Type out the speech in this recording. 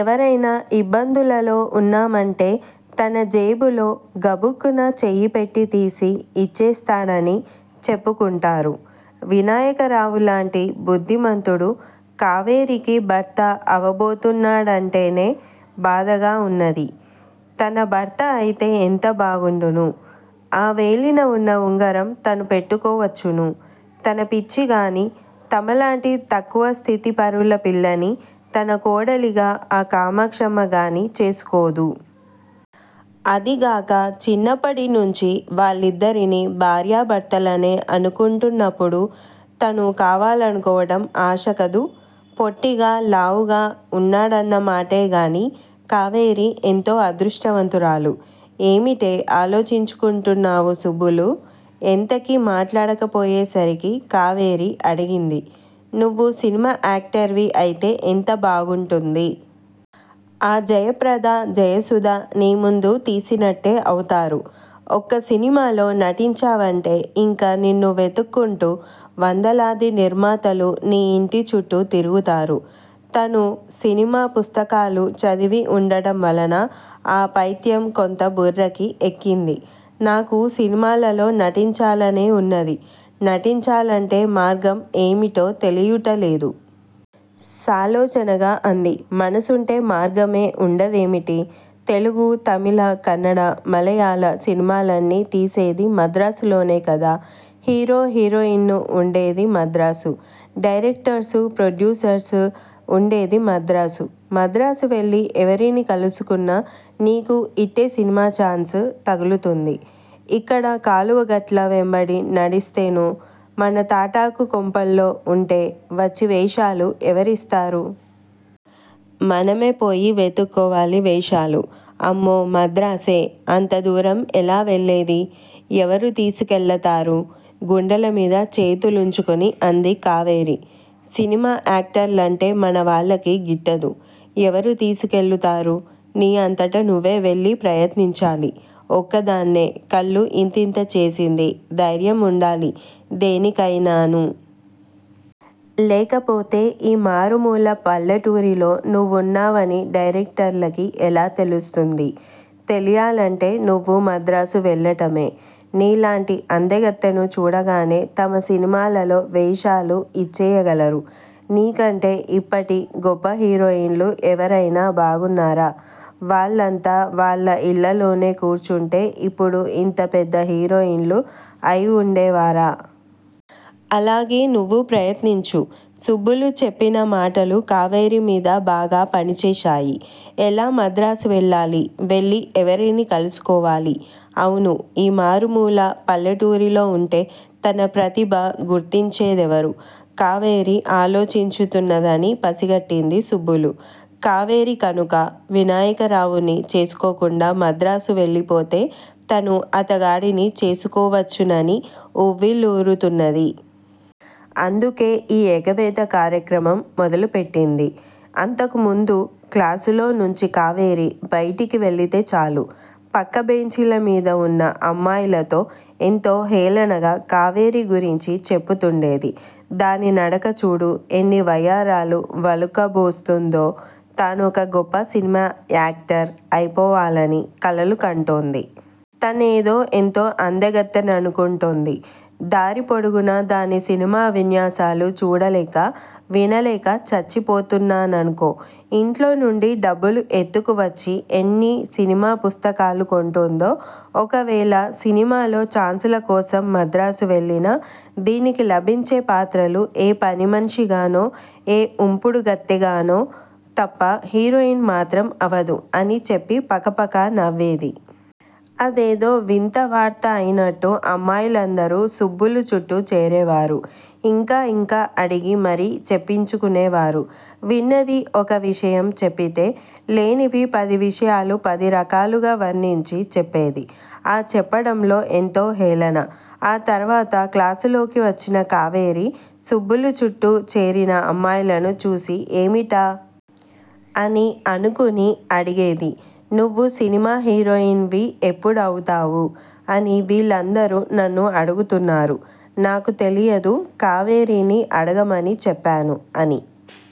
ఎవరయినా యిబ్బందులలో వున్నామంటే తన జేబులో గబుక్కున చెయ్యి పెట్టి తీసి యిచ్చేస్తాడని చెప్పుకుంటారు. వినాయకరావులాంటి బుద్దిమంతుడు కావేరికి భర్త అవబోతున్నాడంటేనే బాధగా వున్నది. తన భర్త అయితే ఎంత బాగుండును? ఆ వేలినవున్న ఉంగరం తను పెట్టుకోవచ్చును. తన పిచ్చి గానీ! తమలాంటి తక్కువ స్థితి పరుల పిల్లని తన కోడలిగా ఆ కామాక్షమ్మ గానీ చేసుకోదు! అదీ గాక చిన్నప్పటి నుంచీ వాళ్ళిద్దరినీ భార్యా భర్తలనే అనుకుంటున్నప్పుడు తను కావాలనుకోవటం ఆశ కదూ? పొట్టిగా లావుగా వున్నాడన్నమాటే గాని కావేరి ఎంతో అదృష్టవంతురాలు. ఏమిటే ఆలోచించుకుంటున్నావు సుబ్బులూ? ఎంతకీ మాట్లాడకపోయే సరికి కావేరి అడిగింది. నువ్వు సినిమా యాక్టర్ వి అయితే ఎంత బాగుంటుంది? ఆ జయప్రద-జయసుధ నీముందు తీసినట్టే అవుతారు. ఒక్క సినిమాలో నటించావంటే యింక నిన్ను వెతుక్కుంటూ వందలాది నిర్మాతలు నీ యింటి చుట్టూ తిరుగుతారు. తనూ సినిమా పుస్తకాలు చదివి వుండటం వలన ఆపైత్యం కొంత బుర్రకి ఎక్కింది. నాకు సినిమాలలో నటించాలనే వున్నది. నటించాలంటే మార్గం ఏమిటో తెలియుట లేదు. సాలోచనగా అంది. మనసుంటే మార్గమే వుండదేమిటి? తెలుగు, తమిళ, కన్నడ, మళయాళ సినిమాలన్నీ తీసేది మద్రాసులోనే కదా? హీరో, హీరోయిన్ను వుండేది మద్రాసు. డైరెక్టర్సు, ప్రొడ్యూసర్సు వుండేది మద్రాసు! మద్రాసు వెళ్ళి ఎవరిని కలుసుకున్నా నీకు యిట్టే సినిమా ఛాన్సు తగులుతుంది. యిక్కడ కాలువగట్ల వెంబడి నడిస్తేను-మన తాటాకు కొంపల్లో వుంటే వచ్చి వేషాలు ఎవరిస్తారు? మనమే పోయి వెతుక్కోవాలి వేషాలు! అమ్మో! మద్రాసే? అంత దూరం ఎలా వెళ్లేది? ఎవరు తీసుకెళ్ళతారు? గుండెలమీద చేతులుంచుకుని అంది కావేరి. సినిమా యాక్టర్లంటే మన వాళ్ళకి గిట్టదు ఎవరు తీసుకెళ్ళుతారు? నీ అంతట నువ్వే వెళ్ళి ప్రయత్నించాలి! ఒక్కదాన్నే? కళ్ళు యింతింత చేసింది. ధైర్యం వుండాలి దేనికయినాను! లేకపోతే ఈ మారుమూల పల్లెటూరిలో నువ్వున్నావని డైరెక్టర్లకి ఎలా తెలుస్తుంది? తెలియాలంటే నువ్వు మద్రాసు వెళ్ళటమే! నీలాంటి అందగత్తెను చూడగానే తమ సినిమాలలో వేషాలు యిచ్చేయగలరు? నీకంటే యిప్పటి గొప్ప హీరోయిన్ లు ఎవరయినా బాగున్నారా? వాళ్ళంతా వాళ్ళయిళ్ళల్లోనే కూర్చుంటే యిప్పుడు యింత పెద్ద హీరోయిన్ లు అయివుండే వారా? అలాగే నువ్వు ప్రయత్నించు! సుబ్బులు చెప్పిన మాటలు కావేరి మీద బాగా పనిచేశాయి. ఎలా మద్రాసు వెళ్ళాలి? వెళ్ళి ఎవరిని కలుసుకోవాలి? అవునూ! ఈ మారుమూల పల్లెటూరిలో వుంటే తన ప్రతిభ గుర్తించేదెవరు? కావేరి ఆలోచించుతున్నదని పసిగట్టింది సుబ్బులు! కావేరి కనుక వినాయకరావుని చేసుకోకుండా మద్రాసు వెళ్ళిపోతే తను అతగాడిని చేసుకోవచ్చునని ఉవ్విళ్ళూరుతున్నది. అందుకే ఈ ఎగవేత కార్యక్రమం మొదలుపెట్టింది. అంతకుముందు క్లాసులో నుంచి కావేరి బైటికి వెళ్ళితే చాలు! పక్క బెంచీల మీద వున్న అమ్మాయిలతో ఎంతో హేళనగా కావేరి గురించి చెప్పుతుండేది! దాని నడక చూడు? ఎన్ని వయ్యారాలు వలుకబోస్తుందో? తానొక గొప్ప సినిమా యాక్టర్ అయిపోవాలని కలలు కంటోంది. తనేదో ఎంతో అందగత్తెననుకుంటోంది దారి పొడుగునా దాని సినిమా విన్యాసాలు చూడలేక వినలేక చచ్చిపోతున్నాననుకో! యింట్లో నుండి డబ్బులు ఎత్తుకు వచ్చి ఎన్ని సినిమా పుస్తకాలు కొంటుందో? ఒకవేళ సినిమాలో చాన్సుల కోసం మద్రాసు వెళ్ళినా దీనికి లభించే పాత్రలు ఏ పని మనిషిగానో? ఏ ఉంపుడుకత్తెగానో తప్ప హీరోయిన్ మాత్రం అవదు అని చెప్పి పక పకా నవ్వేది! అదేదో విన్త వార్త అయినట్టు అమ్మాయిలందరూ సుబ్బులు చుట్టూ చేరేవారు. యింకా యింకా అడిగి మరి చెప్పించుకునేవారు. విన్నది ఒక విషయం చెప్పితే లేనివి పది విషయాలు పది రకాలుగా వర్ణించి చెప్పేది. ఆ చెప్పటంలో ఎంతో హేళన! ఆ తరువాత క్లాసులోకి వచ్చిన కావేరి సుబ్బులు చుట్టూ చేరినా అమ్మాయిలను చూసి ఏమిటా? అని అనుకుని అడిగేది! నువ్వు సినిమా హీరోయిన్ వి ఎప్పుడు అవుతావు? అని వీళ్ళందరూ నన్ను అడుగుతున్నారు నాకు తెలియదు! కావేరినీ అడగమని చెప్పాను! అని